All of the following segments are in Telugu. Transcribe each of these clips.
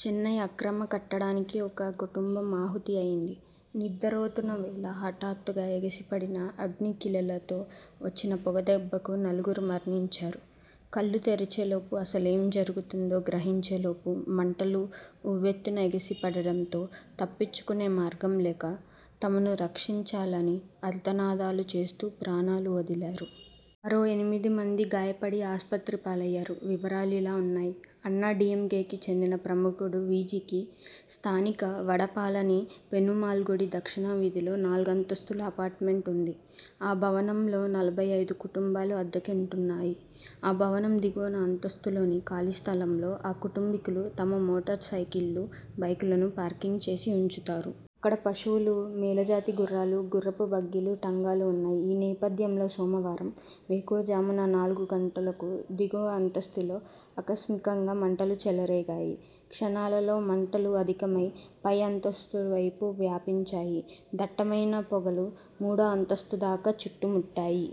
చెన్నై అక్రమ కట్టడానికి ఓ కుటుంబం ఆహుతి అయ్యింది. నిద్దరోతున్న వేళ హఠాత్తుగా ఎగసిపడిన అగ్నికీలలతో వచ్చిన పొగదెబ్బకు నలుగురు మరణించారు. కళ్లు తెరిచేలోపు, అసలేం జరుగుతుందో గ్రహించేలోపు మంటలు ఉవ్వెత్తున ఎగసిపడడంతో తప్పించుకునే మార్గం లేక, తమను రక్షించాలని ఆర్తనాదాలు చేస్తూ ప్రాణాలు వదిలారు. మరో ఎనిమిదిమంది గాయపడి ఆస్పత్రిపాలయ్యారు. వివరాలిలా వున్నాయి అన్నాడీఎంకేకి చెందిన ప్రముఖుడు విజీకి స్థానిక వడపళని పెరుమాళ్గుడి దక్షిణవీధిలో నాలుగం తస్తుల అపార్ట్మెంట్ వుంది. ఆ భవనంలో నలభై ఐదు కుటుంబాలు అద్దెకుంటున్నాయి. ఆ భవనం దిగువ అంతస్తులోని ఖాళీ స్థలంలో ఆ కుటుంబీకులు తమ మోటారుసైకిళ్లు, బైకులను పార్కింగ్ చేసి ఉంచుతారు. అక్కడే పశువులు, మేలుజాతి గుర్రా లు, గుర్రపు బగ్గీలు, టాంగాలు ఉంటాయి. ఈ నేపథ్యంలో సోమవారం వేకువజాము నాలుగు గంటలకు దిగువ అంతస్తులో ఆకస్మికంగా మంటలు చెలరేగాయి. క్షణాలలో మంటలు అధికమై పై అంతస్తుల వైపు వ్యాపించాయి. దట్టమైన పొగలు మూడో అంతస్తు దాకా చుట్టుముట్టాయి.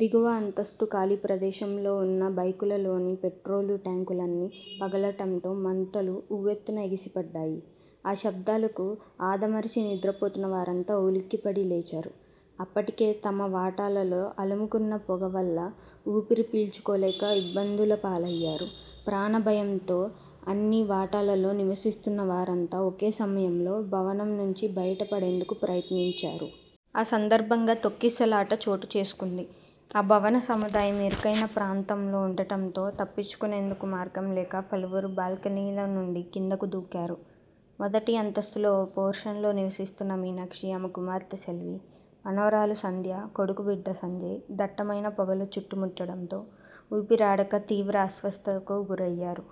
దిగువ అంతస్తు ఖాళీ ప్రదేశంలో ఉన్న బైకుల లోని పెట్రోలు ట్యాంకులన్నీ పగలటంతో మంటలు ఉవ్వెత్తున ఎగసిపడ్డాయి. ఆ శబ్దాలకు ఆదమరచి నిద్రపోతున్నవారంతా ఉలిక్కిపడి లేచారు. అప్పటి కే తమ వాటాలలో అలముకున్న పొగ వల్ల ఊపిరి పీల్చుకోలేక ఇబ్బందులపాలయ్యారు. ప్రాణ భయంతో అన్ని వాటాలలో నివసిస్తున్నవారంతా ఒకే సమయంలో భవనం నుంచి బయట పడేందుకు ప్రయత్నించారు. ఆ సందర్భంగా తొక్కిసలాట చోటుచేసుకుంది. ఆ భవన సముదాయం ఇరుకైన ప్రాంతంలో ఉండటంతో తప్పించుకునేందుకు మార్గం లేక పలువురు బాల్కనీల నుంచి కిందకు దూకారు. మొదటి అంతస్థులో ఓ పోర్షన్లో నివసిస్తున్న మీనాక్షి, ఆమె కుమార్తె సెల్వి, మనుమరాలు సంధ్య, కొడుకు బిడ్డ సంజయ్ దట్టమైన పొగలు చుట్టుముట్టడంతో ఊపిరాడక తీవ్ర అస్వస్థతకు గురయ్యారు.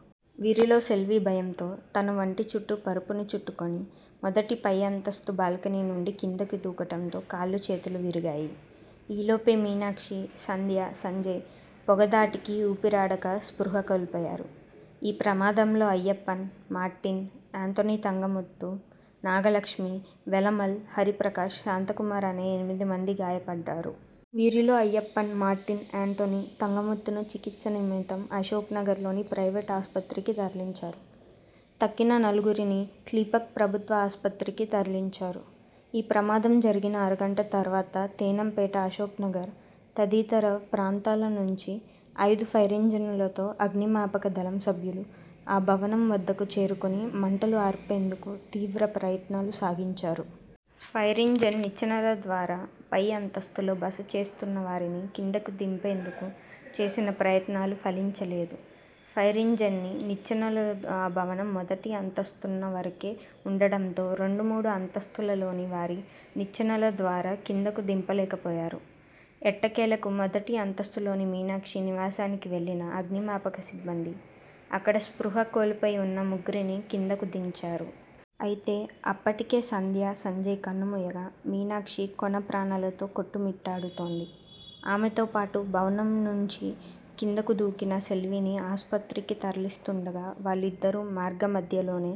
వీరిలో సెల్వి భయంతో తన వంటి చుట్టు పరుపును చుట్టుకుని మొదటి పై అంతస్తు బాల్కనీ నుండి కిందకు దూకటంతో కాళ్లు చేతులు విరిగాయి. ఈలోపే మీనాక్షి, సంధ్య, సంజయ్ పొగ ధాటికి ఊపిరాడక స్పృహ కోల్పోయారు. ఈ ప్రమాదంలో అయ్యప్పన్, మార్టిన్, ఆంటోని తంగముత్తు, నాగలక్ష్మి, వేలమ్మాళ్, హర్రిపకాష్, శాంతకుమార్ అనే ఎనిమిది మంది గాయపడ్డారు. వీరిలో అయ్యప్పన్, మార్టిన్, ఆంటోని, తంగముత్తును చికిత్స నిమిత్తం అశోక్నగర్లోని ప్రైవేటు ఆస్పత్రికి తరలించారు. తక్కిన నలుగురిని కీల్పాక్ ప్రభుత్వ ఆస్పత్రికి తరలించారు. ఈ ప్రమాదం జరిగిన అరగంట తర్వాత తేనాం పేట, అశోక్నగర్ తదితర ప్రాంతాల నుంచి ఐదు ఫైరింజన్లతో అగ్నిమాపక దళం సభ్యులు ఆ భవనం వద్దకు చేరుకుని మంటలను ఆర్పేందుకు తీవ్ర ప్రయత్నాలు సాగించారు. ఫైరింజిన్ నిచ్చెనల ద్వారా పై అంతస్తులలో బస చేస్తున్నవారిని కిందకు దింపేందుకు చేసిన ప్రయత్నాలు ఫలించలేదు. ఫైరింజన్పైని నిచ్చెనలు ఆ భవనం మొదటి అంతస్తున్న ఎత్తువరకే ఉండటంతో రెండు మూడు అంతస్తులలోని వారిని నిచ్చెనల ద్వారా కిందకు దింపలేకపోయారు. ఎట్టకేలకు మొదటి అంతస్తులోని మీనాక్షి నివాసానికి వెళ్లిన అగ్నిమాపక సిబ్బంది, అక్కడ స్పృహ కోల్పోయి వున్న ముగ్గురినీ కిందకు దించారు. అయితే అప్పటికే సంధ్య, సంజయ్ కన్నుమూయగా, మీనాక్షి కొనప్రాణాలతో కొట్టుమిట్టాడుతోంది. ఆమెతో పాటు భవనం నుంచి కిందకు దూకిన సెల్విని ఆస్పత్రికి తరలిస్తుండగా, వారిద్దరూ మార్గమధ్యలోనే